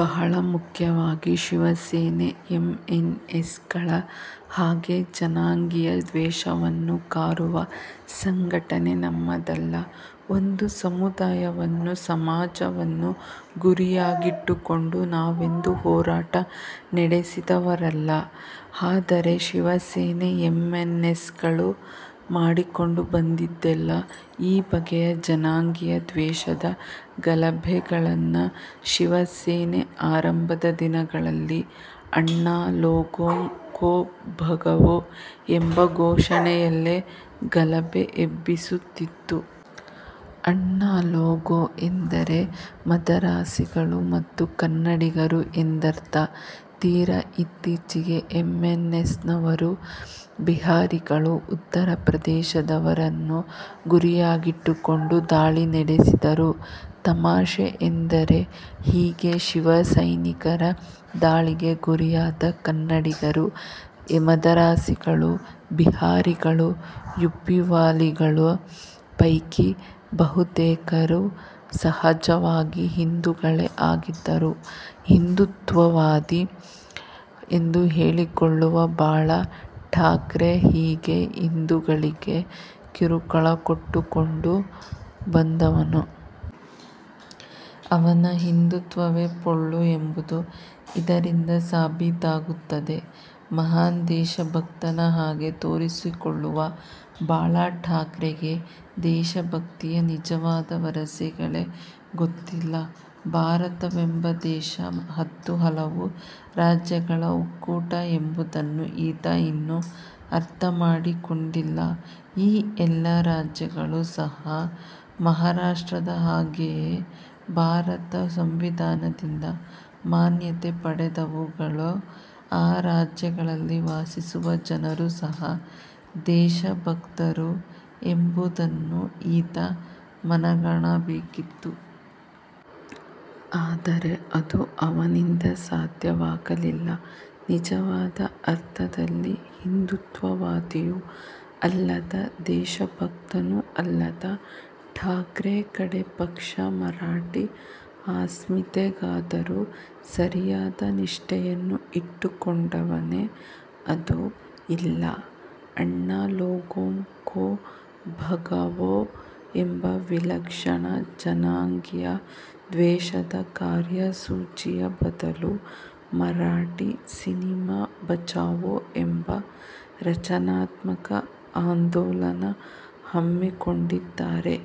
ಬಹಳ ಮುಖ್ಯವಾಗಿ ಶಿವಸೇನೆ, ಎಂಎನ್ಎಸ್ ಗಳ ಹಾಗೆ ಜನಾಂಗೀಯ ದ್ವೇಷವನ್ನು ಕಾರುವ ಸಂಘಟನೆ ನಮ್ಮದಲ್ಲ. ಒಂದು ಸಮುದಾಯವನ್ನು, ಸಮಾಜವನ್ನು ಗುರಿಯಾಗಿಟ್ಟುಕೊಂಡು ನಾವೆಂದೂ ಹೋರಾಟ ನಡೆಸಿದವರಲ್ಲ. ಆದರೆ ಶಿವಸೇನೆ, ಎಂಎನ್ಎಸ್ ಗಳು ಮಾಡಿಕೊಂಡು ಬಂದಿದ್ದೆಲ್ಲ ಈ ಬಗೆಯ ಜನಾಂಗೀಯ ದ್ವೇಷದ ಗಲಭೆಗಳನ್ನೆ. ಶಿವಸೇನೆ ಆರಂಭದ ದಿನಗಳಲ್ಲಿ 'ಅಣ್ಣಾ ಲೋಗೋಂ ಕೊ ಭಗಾವೋ ಎಂಬ ಘೋಷಣೆಯಲ್ಲೇ ಗಲಭೆ ಎಬ್ಬಿಸುತ್ತಿತ್ತು. ಅಣ್ಣಾ ಲೋಗ್ ಎಂದರೆ ಮದರಾಸಿಗಳು ಮತ್ತು ಕನ್ನಡಿಗರು ಎಂದರ್ಥ. ತೀರಾ ಇತ್ತೀಚಿಗೆ ಎಂಎನ್ಎಸ್ನವರು ಬಿಹಾರಿಗಳು, ಉತ್ತರ ಪ್ರದೇಶದವರನ್ನು ಗುರಿಯಾಗಿಟ್ಟುಕೊಂಡು ದಾಳಿ ನಡೆಸಿದರು. ತಮಾಷೆ ಎಂದರೆ ಹೀಗೆ ಶಿವಸೈನಿಕರ ದಾಳಿಗೆ ಗುರಿಯಾದ ಕನ್ನಡಿಗರು, ಮದರಾಸಿಗಳು, ಬಿಹಾರಿಗಳು, ಯುಪಿವಾಲಾಗಳ ಪೈಕಿ ಬಹುತೇಕರು ಸಹಜವಾಗಿ ಹಿಂದುಗಳೇ ಆಗಿದ್ದರು. ಹಿಂದುತ್ವವಾದಿ ಎಂದು ಹೇಳಿಕೊಳ್ಳುವ ಬಾಳಾ ಠಾಕ್ರೆ ಹೀಗೆ ಹಿಂದೂಗಳಿಗೇ ಕಿರುಕುಳ ಕೊಟ್ಟುಕೊಂಡು ಬಂದವನು. ಅವನ ಹಿಂದುತ್ವವೇ ಪೊಳ್ಳು ಎಂಬುದು ಇದರಿಂದ ಸಾಬೀತಾಗುತ್ತದೆ. ಮಹಾನ್ ದೇಶಭಕ್ತನ ಹಾಗೆ ತೋರಿಸಿಕೊಳ್ಳುವ ಬಾಳಠಾಕ್ರೆಗೆ ದೇಶಭಕ್ತಿಯ ನಿಜವಾದ ವರಸೆಗಳೇ ಗೊತ್ತಿಲ್ಲ. ಭಾರತವೆಂಬ ದೇಶ ಹತ್ತು ಹಲವು ರಾಜ್ಯಗಳ ಒಕ್ಕೂಟ ಎಂಬುದನ್ನು ಈತ ಇನ್ನೂ ಅರ್ಥ ಮಾಡಿಕೊಂಡಿಲ್ಲ. ಈ ಎಲ್ಲ ರಾಜ್ಯಗಳೂ ಸಹ ಮಹಾರಾಷ್ಟ್ರದ ಹಾಗೆಯೇ ಭಾರತ ಸಂವಿಧಾನದಿಂದ ಮಾನ್ಯತೆ ಪಡೆದವುಗಳು, ಆ ರಾಜ್ಯಗಳಲ್ಲಿ ವಾಸಿಸುವ ಜನರೂ ಸಹ ದೇಶಭಕ್ತರು ಎಂಬುದನ್ನು ಈತ ಮನಗಾಣಬೇಕಿತ್ತು. ಆದರೆ ಅದು ಅವನಿಂದ ಸಾಧ್ಯವಾಗಲಿಲ್ಲ. ನಿಜವಾದ ಅರ್ಥದಲ್ಲಿ ಹಿಂದುತ್ವವಾದಿಯೂ ಅಲ್ಲದ, ದೇಶಭಕ್ತನೂ ಅಲ್ಲದ ಠಾಕ್ರೆ ಕಡೇ ಪಕ್ಷ ಮರಾಠೀ ಅಸ್ಮಿತೆಗಾದರೂ ಸರಿಯಾದ ನಿಷ್ಠೆಯನ್ನು ಇಟ್ಟುಕೊಂಡವನೇ? ಅದೂ ಇಲ್ಲ. 'ಅಣ್ಣಾ ಲೋಗೋಂ ಕೊ ಭಗಾವೋ ಎಂಬ ವಿಲಕ್ಷಣ, ಜನಾಂಗೀಯ ದ್ವೇಷದ ಕಾರ್ಯಸೂಚಿಯ ಬದಲು 'ಮರಾಠೀ ಸಿನಿಮಾ ಬಚಾವೋ ಎಂಬ ರಚನಾತ್ಮಕ ಆಂದೋಲನ ಹಮ್ಮಿಕೊಂಡಿದ್ದರೆ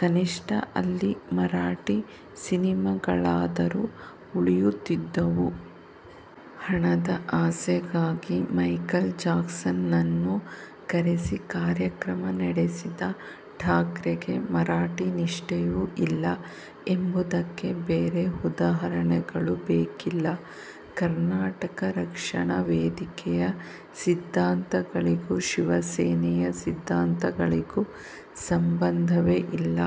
ಕನಿಷ್ಠ ಅಲ್ಲಿ ಮರಾಠಿ ಸಿನಿಮಾಗಳಾದರೂ ಉಳಿಯುತ್ತಿದ್ದವು. ಹಣದ ಆಸೆಗಾಗಿ ಮೈಕಲ್ ಜಾಕ್ಸನ್ನನ್ನು ಕರೆಸಿ ಕಾರ್ಯಕ್ರಮ ನಡೆಸಿದ ಠಾಕ್ರೆಗೆ ಮರಾಠಿ ನಿಷ್ಠೆಯೂ ಇಲ್ಲ ಎಂಬುದಕ್ಕೆ ಬೇರೆ ಉದಾಹರಣೆಗಳು ಬೇಕಿಲ್ಲ. ಕರ್ನಾಟಕ ರಕ್ಷಣಾ ವೇದಿಕೆಯ ಸಿದ್ಧಾಂತಗಳಿಗೂ ಶಿವಸೇನೆಯ ಸಿದ್ಧಾಂತಗಳಿಗೂ ಸಂಬಂಧವೇ ಇಲ್ಲ.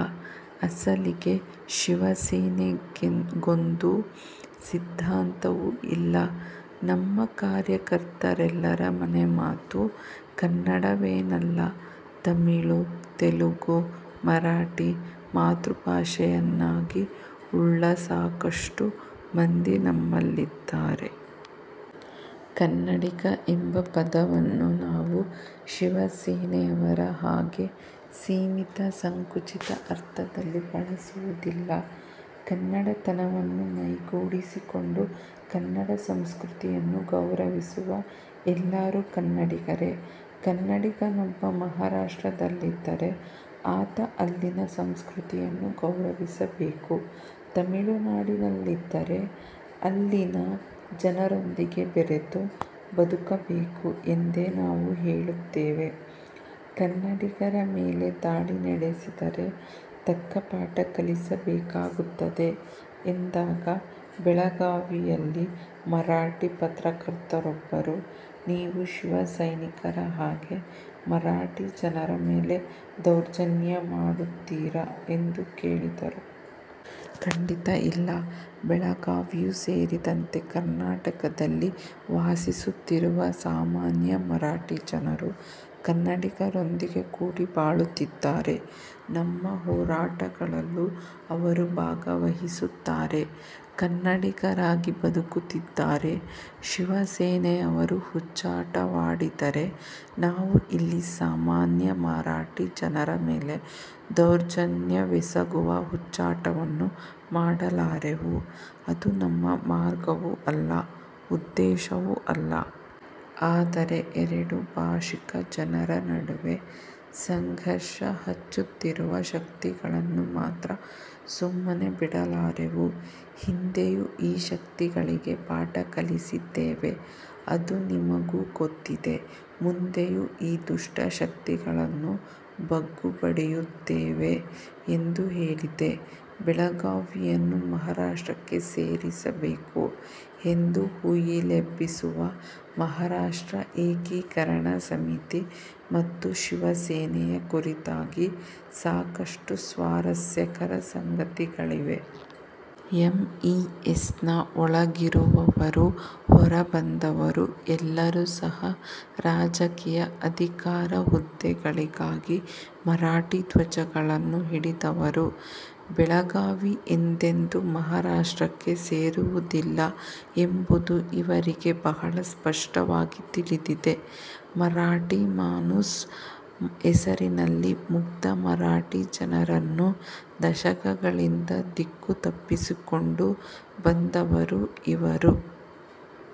ಅಸಲಿಗೆ ಶಿವಸೇನೆಗೊಂದು ಸಿದ್ಧಾಂತವೂ ಇಲ್ಲ. ನಮ್ಮ ಕಾರ್ಯಕರ್ತರೆಲ್ಲರ ಮನೆಮಾತು ಕನ್ನಡವೇನಲ್ಲ. ತಮಿಳು, ತೆಲುಗು, ಮರಾಠಿ ಮಾತೃಭಾಷೆಯನ್ನಾಗಿ ಉಳ್ಳ ಸಾಕಷ್ಟು ಮಂದಿ ನಮ್ಮಲ್ಲಿದ್ದಾರೆ. 'ಕನ್ನಡಿಗ ಎಂಬ ಪದವನ್ನು ನಾವು ಶಿವಸೇನೆಯವರ ಹಾಗೆ ಸೀಮಿತ, ಸಂಕುಚಿತ ಅರ್ಥದಲ್ಲಿ ಬಳಸುವುದಿಲ್ಲ. ಕನ್ನಡತನವನ್ನು ಮೈಗೂಡಿಸಿಕೊಂಡು, ಕನ್ನಡ ಸಂಸ್ಕೃತಿಯನ್ನು ಗೌರವಿಸುವ ಎಲ್ಲರೂ ಕನ್ನಡಿಗರೇ. ಕನ್ನಡಿಗನೊಬ್ಬ ಮಹಾರಾಷ್ಟ್ರದಲ್ಲಿದ್ದರೆ ಆತ ಅಲ್ಲಿನ ಸಂಸ್ಕೃತಿಯನ್ನು ಗೌರವಿಸಬೇಕು, ತಮಿಳುನಾಡಿನಲ್ಲಿದ್ದರೆ ಅಲ್ಲಿನ ಜನರೊಂದಿಗೆ ಬೆರೆತು ಬದುಕಬೇಕು ಎಂದೇ ನಾವು ಹೇಳುತ್ತೇವೆ. 'ಕನ್ನಡಿಗರ ಮೇಲೆ ದಾಳಿ ನಡೆಸಿದರೆ, ತಕ್ಕ ಪಾಠ ಕಲಿಸಬೇಕಾಗುತ್ತದೆ ಎಂದಾಗ ಬೆಳಗಾವಿಯಲ್ಲಿ ಮರಾಠಿ ಪತ್ರಕರ್ತರೊಬ್ಬರು, 'ನೀವು ಶಿವಸೈನಿಕರ ಹಾಗೆ ಮರಾಠಿ ಜನರ ಮೇಲೆ ದೌರ್ಜನ್ಯ ಮಾಡುತ್ತೀರಾ ಎಂದು ಕೇಳಿದರು. 'ಖಂಡಿತ ಇಲ್ಲ, ಬೆಳಗಾವಿಯೂ ಸೇರಿದಂತೆ ಕರ್ನಾಟಕದಲ್ಲಿ ವಾಸಿಸುತ್ತಿರುವ ಸಾಮಾನ್ಯ ಮರಾಠಿ ಜನರು ಕನ್ನಡಿಗರೊಂದಿಗೆ ಕೂಡಿ ಬಾಳುತ್ತಿದ್ದಾರೆ. ನಮ್ಮ ಹೋರಾಟಗಳಲ್ಲೂ ಅವರು ಭಾಗವಹಿಸುತ್ತಾರೆ, ಕನ್ನಡಿಗರಾಗಿ ಬದುಕುತ್ತಿದ್ದಾರೆ. ಶಿವಸೇನೆಯವರು ಹುಚ್ಚಾಟವಾಡಿದರೆ, ನಾವು ಇಲ್ಲಿ ಸಾಮಾನ್ಯ ಮರಾಠಿ ಜನರ ಮೇಲೆ ದೌರ್ಜನ್ಯವೆಸಗುವ ಹುಚ್ಚಾಟವನ್ನು ಮಾಡಲಾರೆವು. ಅದು ನಮ್ಮ ಮಾರ್ಗವೂ ಅಲ್ಲ, ಉದ್ದೇಶವೂ ಅಲ್ಲ. ಆದರೆ ಎರಡೂ ಭಾಷಿಕ ಜನರ ನಡುವೆ ಸಂಘರ್ಷ ಹಚ್ಚುತ್ತಿರುವ ಶಕ್ತಿಗಳನ್ನು ಮಾತ್ರ ಸುಮ್ಮನೆ ಬಿಡಲಾರೆವು. ಹಿಂದೆಯೂ ಈ ಶಕ್ತಿಗಳಿಗೆ ಪಾಠ ಕಲಿಸಿದ್ದೇವೆ. ಅದು ನಿಮಗೂ ಗೊತ್ತಿದೆ. ಮುಂದೆಯೂ ಈ ದುಷ್ಟ ಶಕ್ತಿಗಳನ್ನು ಬಗ್ಗುಬಡಿಯುತ್ತೇವೆ. ಎಂದು ಹೇಳಿದೆ. ಬೆಳಗಾವಿಯನ್ನು ಮಹಾರಾಷ್ಟ್ರಕ್ಕೆ ಸೇರಿಸಬೇಕು ಎಂದು ಹುಯಿಲೆಬ್ಬಿಸುವ ಮಹಾರಾಷ್ಟ್ರ ಏಕೀಕರಣ ಸಮಿತಿ ಮತ್ತು ಶಿವಸೇನೆಯ ಕುರಿತಾಗಿ ಸಾಕಷ್ಟು ಸ್ವಾರಸ್ಯಕರ ಸಂಗತಿಗಳಿವೆ. ಎಂಇಎಸ್ನ ಒಳಗಿರುವವರು, ಹೊರಬಂದವರು ಎಲ್ಲರೂ ಸಹ ರಾಜಕೀಯ ಅಧಿಕಾರ-ಹುದ್ದೆಗಳಿಗಾಗಿ ಮರಾಠಿ ಧ್ವಜಗಳನ್ನು ಹಿಡಿದವರು. ಬೆಳಗಾವಿ ಎಂದೆಂದೂ ಮಹಾರಾಷ್ಟ್ರಕ್ಕೆ ಸೇರುವುದಿಲ್ಲ ಎಂಬುದು ಇವರಿಗೆ ಬಹಳ ಸ್ಪಷ್ಟವಾಗಿ ತಿಳಿದಿದೆ. ಮರಾಠಿ ಮಾನೂಸ್ ಹೆಸರಿನಲ್ಲಿ ಮುಗ್ಧ ಮರಾಠಿ ಜನರನ್ನು ದಶಕಗಳಿಂದ ದಿಕ್ಕು ತಪ್ಪಿಸಿಕೊಂಡು ಬಂದವರು ಇವರು.